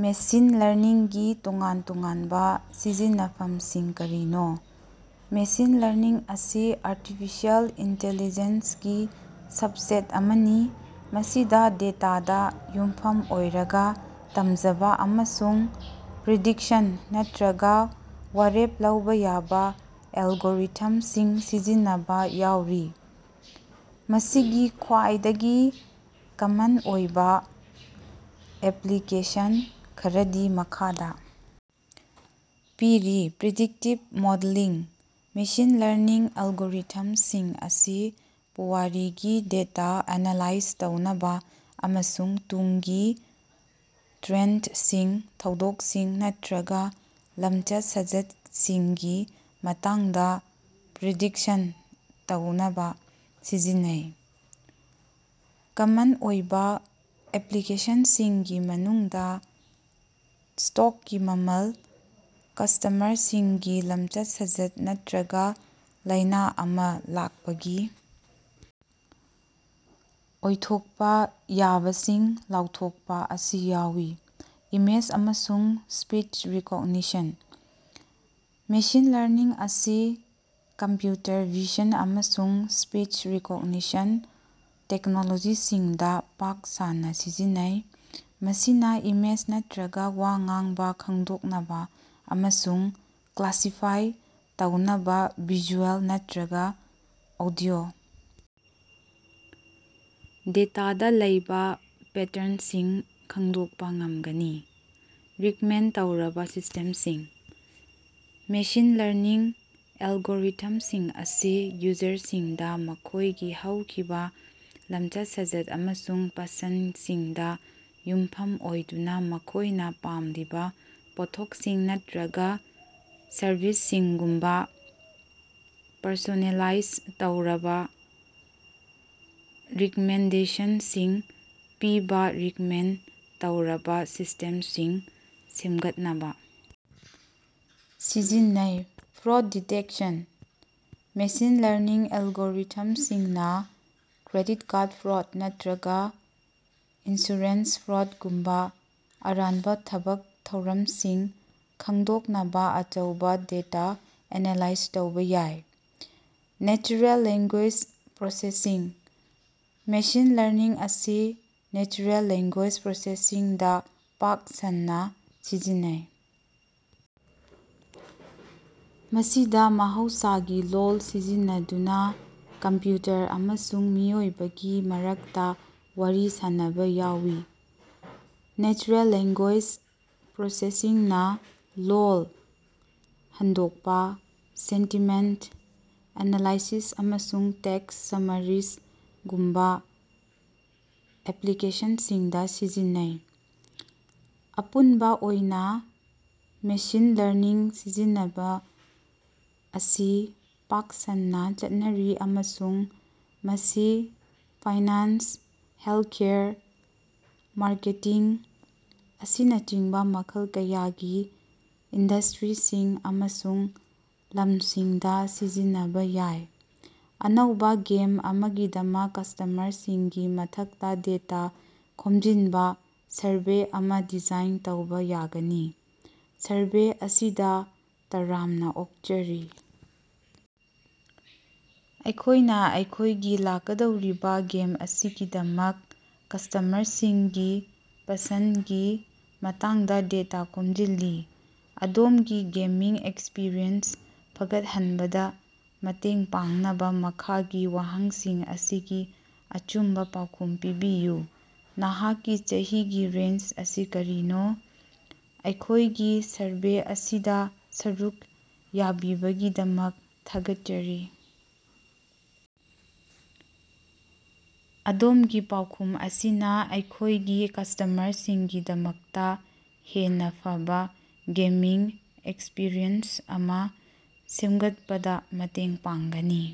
Machine ꯂꯔꯅꯤꯡꯒꯤ ꯇꯣꯉꯥꯟ-ꯇꯣꯉꯥꯟꯕꯥ ꯁꯤꯖꯤꯟꯅꯐꯝꯁꯤꯡ ꯀꯔꯤꯅꯣ? ꯃꯦꯁꯤꯟ ꯂꯔꯅꯤꯡ ꯑꯁꯤ ꯑꯥꯔꯇꯤꯐꯤꯁꯤꯑꯦꯜ ꯏꯟꯇꯤꯂꯤꯖꯦꯟꯁꯒꯤ ꯁꯕꯁꯦꯠ ꯑꯃꯅꯤ, ꯃꯁꯤꯗꯥ ꯗꯦꯇꯥꯗꯥ ꯌꯨꯝꯐꯝ ꯑꯣꯏꯔꯒꯥ ꯇꯝꯖꯕꯥ ꯑꯃꯁꯨꯡ ꯄ꯭ꯔꯤꯗꯤꯛꯁꯟ ꯅꯠꯇ꯭ꯔꯒꯥ ꯋꯥꯔꯦꯞ ꯂꯧꯕꯥ ꯌꯥꯕꯥ ꯑꯦꯜꯒꯣꯔꯤꯊꯝꯁꯤꯡ ꯁꯤꯖꯤꯟꯅꯕꯥ ꯌꯥꯎꯔꯤ꯫ ꯃꯁꯤꯒꯤ ꯈ꯭ꯋꯥꯏꯗꯒꯤ ꯀꯃꯟ ꯑꯣꯏꯕꯥ ꯑꯦꯄ꯭ꯂꯤꯀꯦꯁꯟ ꯈꯔꯗꯤ ꯃꯈꯥꯗꯥ ꯄꯤꯔꯤ: ꯄ꯭ꯔꯤꯗꯤꯛꯇꯤꯚ ꯃꯣꯗꯦꯂꯤꯡ: ꯃꯦꯁꯤꯟ ꯂꯔꯅꯤꯡ ꯑꯦꯜꯒꯣꯔꯤꯊꯝꯁꯤꯡ ꯑꯁꯤ ꯄꯨꯋꯥꯔꯤꯒꯤ ꯗꯦꯇꯥ ꯑꯦꯅꯥꯂꯥꯏꯖ ꯇꯧꯅꯕꯥ ꯑꯃꯁꯨꯡ ꯇꯨꯡꯒꯤ ꯇ꯭ꯔꯦꯟꯗꯁꯤꯡ, ꯊꯧꯗꯣꯛꯁꯤꯡ ꯅꯠꯇ꯭ꯔꯒꯥ ꯂꯝꯆꯠ-ꯁꯥꯖꯠꯁꯤꯡꯒꯤ ꯃꯇꯥꯡꯗꯥ ꯄ꯭ꯔꯤꯗꯤꯛꯁꯟ ꯇꯧꯅꯕꯥ ꯁꯤꯖꯤꯟꯅꯩ꯫ ꯀꯃꯟ ꯑꯣꯏꯕꯥ ꯑꯦꯄ꯭ꯂꯤꯀꯦꯁꯟꯁꯤꯡꯒꯤ ꯃꯅꯨꯡꯗꯥ ꯁ꯭ꯇꯣꯛꯀꯤ ꯃꯃꯜ, ꯀꯁ꯭ꯇꯃꯔꯁꯤꯡꯒꯤ ꯂꯝꯆꯠ-ꯁꯥꯖꯠ ꯅꯠꯇ꯭ꯔꯒꯥ ꯂꯥꯏꯅꯥ ꯑꯃꯥ ꯂꯥꯛꯄꯒꯤ ꯑꯣꯏꯊꯣꯛꯄꯥ ꯌꯥꯕꯁꯤꯡ ꯂꯥꯎꯊꯣꯛꯄꯥ ꯑꯁꯤ ꯌꯥꯎꯏ꯫ ꯏꯃꯦꯖ ꯑꯃꯁꯨꯡ ꯁ꯭ꯄꯤꯆ ꯔꯤꯀꯣꯛꯅꯤꯁꯟ: ꯃꯦꯁꯤꯟ ꯂꯔꯅꯤꯡ ꯑꯁꯤ ꯀꯝꯄ꯭ꯌꯨꯇꯔ ꯚꯤꯖꯟ ꯑꯃꯁꯨꯡ ꯁ꯭ꯄꯤꯆ ꯔꯤꯀꯣꯛꯅꯤꯁꯟ ꯇꯦꯛꯅꯣꯂꯣꯖꯤꯁꯤꯡꯗꯥ ꯄꯥꯛ ꯁꯟꯅꯥ ꯁꯤꯖꯤꯟꯅꯩ꯫ ꯃꯁꯤꯅꯥ ꯏꯃꯦꯖ ꯅꯠꯇ꯭ꯔꯒꯥ ꯋꯥ ꯉꯥꯡꯕꯥ ꯈꯪꯗꯣꯛꯅꯕꯥ ꯑꯃꯁꯨꯡ ꯀ꯭ꯂꯥꯁꯤꯐꯥꯏ ꯇꯧꯅꯕꯥ ꯚꯤꯖꯨꯑꯦꯜ ꯅꯠꯇ꯭ꯔꯒꯥ ꯑꯣꯗꯤꯑꯣ ꯗꯦꯇꯥꯗꯥ ꯂꯩꯕꯥ ꯄꯦꯇ꯭ꯔꯟꯁꯤꯡ ꯈꯪꯗꯣꯛꯄꯥ ꯉꯝꯒꯅꯤ꯫ ꯔꯤꯛꯃꯦꯟꯗ ꯇꯧꯔꯕꯥ ꯁꯤꯁꯇꯦꯝꯁꯤꯡ: ꯃꯦꯁꯤꯟ ꯂꯔꯅꯤꯡ ꯑꯦꯜꯒꯣꯔꯤꯊꯝꯁꯤꯡ ꯑꯁꯤ ꯌꯨꯖꯔꯁꯤꯡꯗꯥ ꯃꯈꯣꯏꯒꯤ ꯍꯧꯈꯤꯕꯥ ꯂꯝꯆꯠ-ꯁꯥꯖꯠ ꯑꯃꯁꯨꯡ ꯄꯁꯟꯗꯁꯤꯡꯗꯥ ꯌꯨꯝꯐꯝ ꯑꯣꯏꯗꯨꯅꯥ ꯃꯈꯣꯏꯅꯥ ꯄꯥꯝꯂꯤꯕꯥ ꯄꯣꯠꯊꯣꯛꯁꯤꯡ ꯅꯠꯇ꯭ꯔꯒꯥ ꯁꯔꯚꯤꯁꯁꯤꯡꯒꯨꯝꯕꯥ ꯄꯔꯁꯣꯅꯦꯂꯥꯏꯖ ꯇꯧꯔꯕꯥ ꯔꯤꯛꯃꯦꯟꯗꯦꯁꯟꯁꯤꯡ ꯄꯤꯕꯥ ꯔꯤꯛꯃꯦꯟꯗ ꯇꯧꯔꯕꯥ ꯁꯤꯁꯇꯦꯝꯁꯤꯡ ꯁꯦꯝꯒꯠꯅꯕꯥ ꯁꯤꯖꯤꯟꯅꯩ꯫ ꯐ꯭ꯔꯣꯗ ꯗꯤꯇꯦꯛꯁꯟ: ꯃꯦꯁꯤꯟ ꯂꯔꯅꯤꯡ ꯑꯦꯜꯒꯣꯔꯤꯊꯝꯁꯤꯡꯅꯥ ꯀ꯭ꯔꯦꯗꯤꯠ ꯀꯥꯔꯗ ꯐ꯭ꯔꯣꯗ ꯅꯠꯇ꯭ꯔꯒꯥ ꯏꯟꯁꯨꯔꯦꯟꯁ ꯐ꯭ꯔꯣꯗꯒꯨꯝꯕꯥ ꯑꯔꯥꯟꯕꯥ ꯊꯕꯛ ꯊꯧꯔꯝꯁꯤꯡ ꯈꯪꯗꯣꯛꯅꯕꯥ ꯑꯆꯧꯕꯥ ꯗꯦꯇꯥ ꯑꯦꯅꯥꯂꯥꯏꯖ ꯇꯧꯕꯥ ꯌꯥꯏ꯫ Natural language processing: machine learning ꯑꯁꯤ ꯅꯦꯆꯔꯦꯜ ꯂꯦꯡꯒꯣꯏꯖ ꯄ꯭ꯔꯣꯁꯦꯁꯤꯡꯗꯥ ꯄꯥꯛ ꯁꯟꯅꯥ ꯁꯤꯖꯤꯟꯅꯩ, ꯃꯁꯤꯗꯥ ꯃꯍꯧꯁꯥꯒꯤ ꯂꯣꯜ ꯁꯤꯖꯤꯟꯅꯗꯨꯅꯥ ꯀꯝꯄ꯭ꯌꯨꯇꯔ ꯑꯃꯁꯨꯡ ꯃꯤꯑꯣꯏꯕꯒꯤ ꯃꯔꯛꯇꯥ ꯋꯥꯔꯤ ꯁꯥꯅꯕꯥ ꯌꯥꯎꯏ꯫ ꯅꯦꯆꯔꯦꯜ ꯂꯦꯡꯒꯣꯏꯖ ꯄ꯭ꯔꯣꯁꯦꯁꯤꯡꯅꯥ ꯂꯣꯜ ꯍꯟꯗꯣꯛꯄꯥ, ꯁꯦꯟꯇꯤꯃꯦꯟꯇ ꯑꯦꯅꯥꯂꯥꯏꯁꯤꯁ ꯑꯃꯁꯨꯡ ꯇꯦꯛꯁ ꯁꯝꯃꯥꯔꯤꯖꯒꯨꯝꯕꯥ ꯑꯦꯄ꯭ꯂꯤꯀꯦꯁꯟꯁꯤꯡꯗꯥ ꯁꯤꯖꯤꯟꯅꯩ꯫ ꯑꯄꯨꯟꯕꯥ ꯑꯣꯏꯅꯥ ꯃꯦꯁꯤꯟ ꯂꯔꯅꯤꯡ ꯁꯤꯖꯤꯟꯅꯕꯥ ꯑꯁꯤ ꯄꯥꯛ ꯁꯟꯅꯥ ꯆꯠꯅꯔꯤ ꯑꯃꯁꯨꯡ ꯃꯁꯤ ꯐꯥꯏꯅꯥꯟꯁ, ꯍꯦꯜꯊꯀꯦꯌꯔ, ꯃꯥꯔꯀꯦꯇꯤꯡ, ꯑꯁꯤꯅꯆꯤꯡꯕꯥ ꯃꯈꯜ ꯀꯌꯥꯒꯤ ꯏꯟꯗꯁꯇ꯭ꯔꯤꯁꯤꯡ ꯑꯃꯁꯨꯡ ꯂꯝꯁꯤꯡꯗꯥ ꯁꯤꯖꯤꯟꯅꯕꯥ ꯌꯥꯏ꯫ ꯑꯅꯧꯕꯥ ꯒꯦꯝ ꯑꯃꯒꯤꯗꯃꯛ ꯀꯁ꯭ꯇꯃꯔꯁꯤꯡꯒꯤ ꯃꯇꯥꯡꯗꯥ ꯗꯦꯇꯥ ꯈꯣꯝꯖꯤꯟꯕꯥ ꯁꯔꯚꯦ ꯑꯃꯥ ꯗꯤꯖꯥꯏꯟ ꯇꯧꯕꯥ ꯌꯥꯒꯅꯤ꯫ ꯁꯔꯚꯦ ꯑꯁꯤꯗꯥ ꯇꯔꯥꯝꯅꯥ ꯑꯣꯛꯆꯔꯤ! ꯑꯩꯈꯣꯏꯅꯥ ꯑꯩꯈꯣꯏꯒꯤ ꯂꯥꯛꯀꯗꯧꯔꯤꯕꯥ ꯒꯦꯝ ꯑꯁꯤꯒꯤꯗꯃꯛ ꯀꯁ꯭ꯇꯃꯔꯁꯤꯡꯒꯤ ꯄꯁꯟꯗꯒꯤ ꯃꯇꯥꯡꯗꯥ ꯗꯦꯇꯥ ꯈꯣꯝꯖꯤꯜꯂꯤ꯫ ꯑꯗꯣꯝꯒꯤ ꯒꯦꯃꯤꯡ ꯑꯦꯛꯁꯄꯤꯔꯤꯑꯦꯟꯁ ꯐꯒꯠꯍꯟꯕꯗꯥ ꯃꯇꯦꯡ ꯄꯥꯡꯅꯕꯥ ꯃꯈꯥꯒꯤ ꯋꯥꯍꯪꯁꯤꯡ ꯑꯁꯤꯒꯤ ꯑꯆꯨꯝꯕꯥ ꯄꯥꯎꯈꯨꯝ ꯄꯤꯕꯤꯌꯨ꯫ ꯅꯍꯥꯛꯀꯤ ꯆꯍꯤꯒꯤ ꯔꯦꯟꯖ ꯑꯁꯤ ꯀꯔꯤꯅꯣ? ꯑꯩꯈꯣꯏꯒꯤ ꯁꯔꯚꯦ ꯑꯁꯤꯗꯥ ꯁꯔꯨꯛ ꯌꯥꯕꯤꯕꯒꯤꯗꯃꯛ ꯊꯥꯒꯠꯆꯔꯤ! ꯑꯗꯣꯝꯒꯤ ꯄꯥꯎꯈꯨꯝ ꯑꯁꯤꯅꯥ ꯑꯩꯈꯣꯏꯒꯤ ꯀꯁ꯭ꯇꯃꯔꯁꯤꯡꯒꯤꯗꯃꯛꯇꯥ ꯍꯦꯟꯅꯥ ꯐꯕꯥ ꯒꯦꯃꯤꯡ ꯑꯦꯛꯁꯄꯔꯤꯌꯦꯟꯁ ꯑꯃꯥ ꯁꯦꯃꯒꯠꯄꯗꯥ ꯃꯇꯦꯡ ꯄꯥꯡꯒꯅꯤ꯫